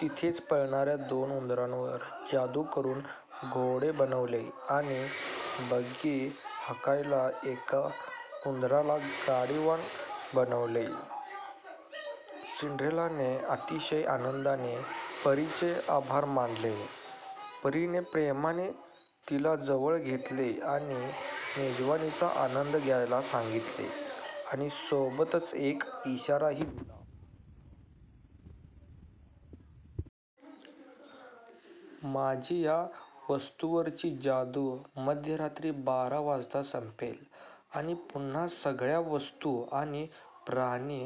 तिथेच पळणाऱ्या दोन उंदरांवर जादु करून घोडे बनवले आणि बग्गी हाकायला एका उंदराला गाडीवान बनवले. सिंड्रेलाने अतिशय आनंदाने परीचे आभार मानले. परीने प्रेमाने तिला जवळ घेतले आणि मेजवानीचा आनंद घ्यायला सांगितले आणि सोबतच एक इशाराही दिला. माझी या वस्तूंवरची जादु मध्यरात्री बारा वाजता संपेल आणि पुन्हा सगळ्या वस्तू आणि प्राणी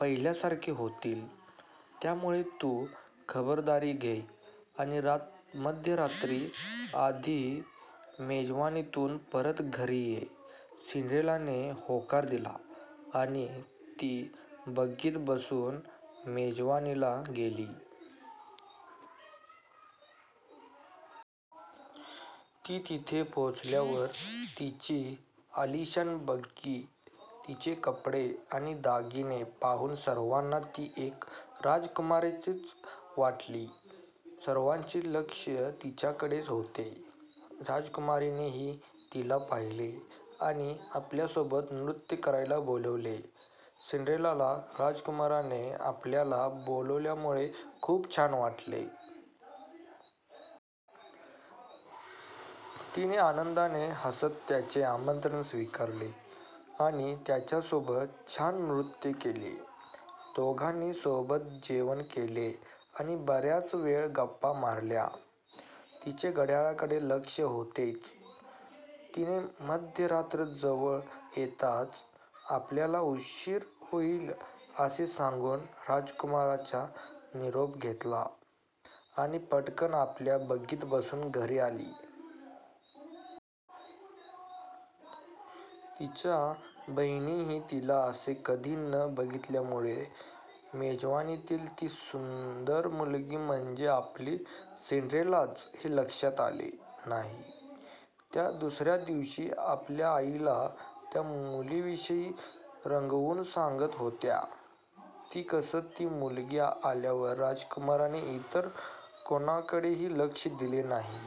पहिल्यासारखे होतील. त्यामुळे तु खबरदारी घे आणि मध्यरात्री आधी मेजवानीतून परत घरी ये. सिंड्रेलाने होकार दिला आणि ती बग्गीत बसुन मेजवानीला गेली. ती तिथे पोहोचल्यावर तिची आलिशान बग्गी, तिचे कपडे आणि दागिने पाहुन सर्वांना ती एक राजकुमारीच वाटली. सर्वांचे लक्ष तिच्याकडेच होते. राजकुमारानेही तिला पाहिले. तिला आपल्यासोबत नृत्य करायला बोलावले. सिंड्रेलाला राजकुमाराने आपल्याला बोलावल्यामुळे खुप छान वाटले. तिने आनंदाने हसत त्याचे आमंत्रण स्वीकारले आणि त्याच्यासोबत छान नृत्य केले. दोघांनी सोबत जेवण केले आणि बऱ्याच वेळ गप्पा मारल्या. तिचे घड्याळाकडे लक्ष होतेच. तिने मध्यरात्र जवळ येताच आपल्याला उशीर होईल असे सांगून राजकुमाराच्या निरोप घेतला आणि पटकन आपल्या बग्गीत बसून घरी आली. तिच्या बहिणींनीही तिला असे कधी न बघितल्यामुळे मेजवानीतली ती सुंदर मुलगी म्हणजे आपली सिंड्रेलाच हे लक्षात आले नाही. त्या दुसऱ्या दिवशी आपल्या आईला त्या मुलीविषयी रंगवुन सांगत होत्या, कि कसं ती मुलगी आल्यावर राजकुमाराने इतर कोणाकडेही लक्ष दिले नाही,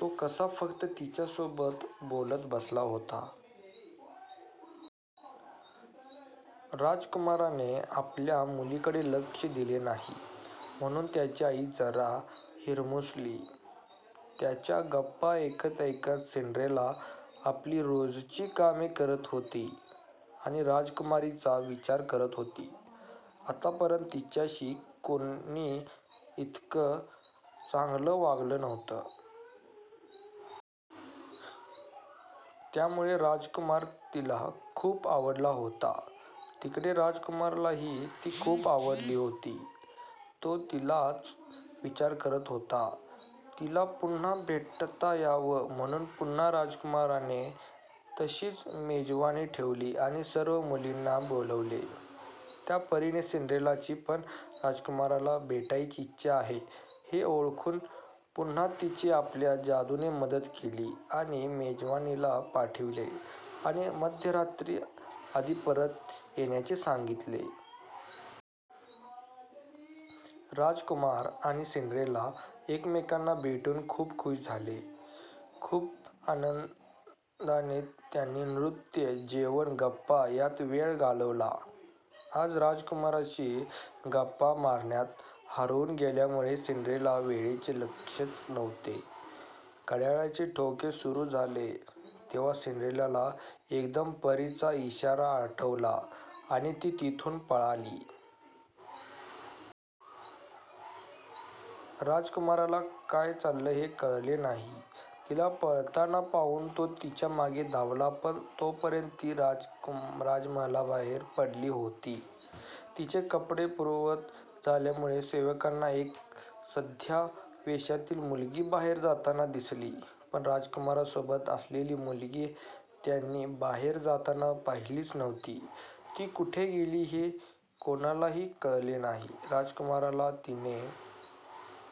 तो कसा फक्त तिच्यासोबतच बोलत बसला होता. राजकुमाराने आपल्या मुलींकडे लक्ष दिले नाही म्हणून त्यांची आई जरा हिरमुसली. त्यांच्या गप्पा ऐकत ऐकत सिंड्रेला आपली रोजची कामे करत होती आणि राजकुमाराचा विचार करत होती. आतापर्यंत तिच्याशी कोणी इतकं चांगलं वागलं नव्हतं. त्यामुळे राजकुमार तिला खुप आवडला होता. तिकडे राजकुमारालाही ती खुप आवडली होती. तो तिचाच विचार करत होता. तिला पुन्हा भेटता यावं म्हणुन पुन्हा राजकुमाराने तशीच मेजवानी ठेवली आणि सर्व मुलींना बोलावले. त्या परीने सिंड्रेलाची पण राजकुमाराला भेटण्याची इच्छा आहे हे ओळखुन पुन्हा तिची आपल्या जादूने मदत केली आणि मेजवानीला पाठवले, आणि मध्यरात्री आधी परत येण्याचे सांगितले. राजकुमार आणि सिंड्रेला एकमेकांना भेटुन खुप खुश झाले. खूप आनंदाने त्यांनी नृत्य, जेवण, गप्पा यात वेळ घालवला. आज राजकुमाराशी गप्पा मारण्यात हरवुन गेल्यामुळे सिंड्रेलाचे वेळेकडे लक्षच नव्हते. घड्याळाचे ठोके सुरु झाले तेव्हा सिंड्रेलाला एकदम परीचा इशारा आठवला आणि ती तिथुन पळाली. राजकुमाराला काय चाललंय हे कळले नाही. तिला पळताना पाहून तो तिच्यामागे धावला. पण तोपर्यंत ती राजमहालाबाहेर पडली होती. तिचे कपडे पूर्ववत झाल्यामुळे सेवकांना एक सध्या वेशातली मुलगी बाहेर जाताना दिसली, पण राजकुमारासोबत असलेली मुलगी त्यांनी बाहेर जाताना पाहिलीच नव्हती. ती कुठे गेली हे कोणालाही कळले नाही. राजकुमाराला तिने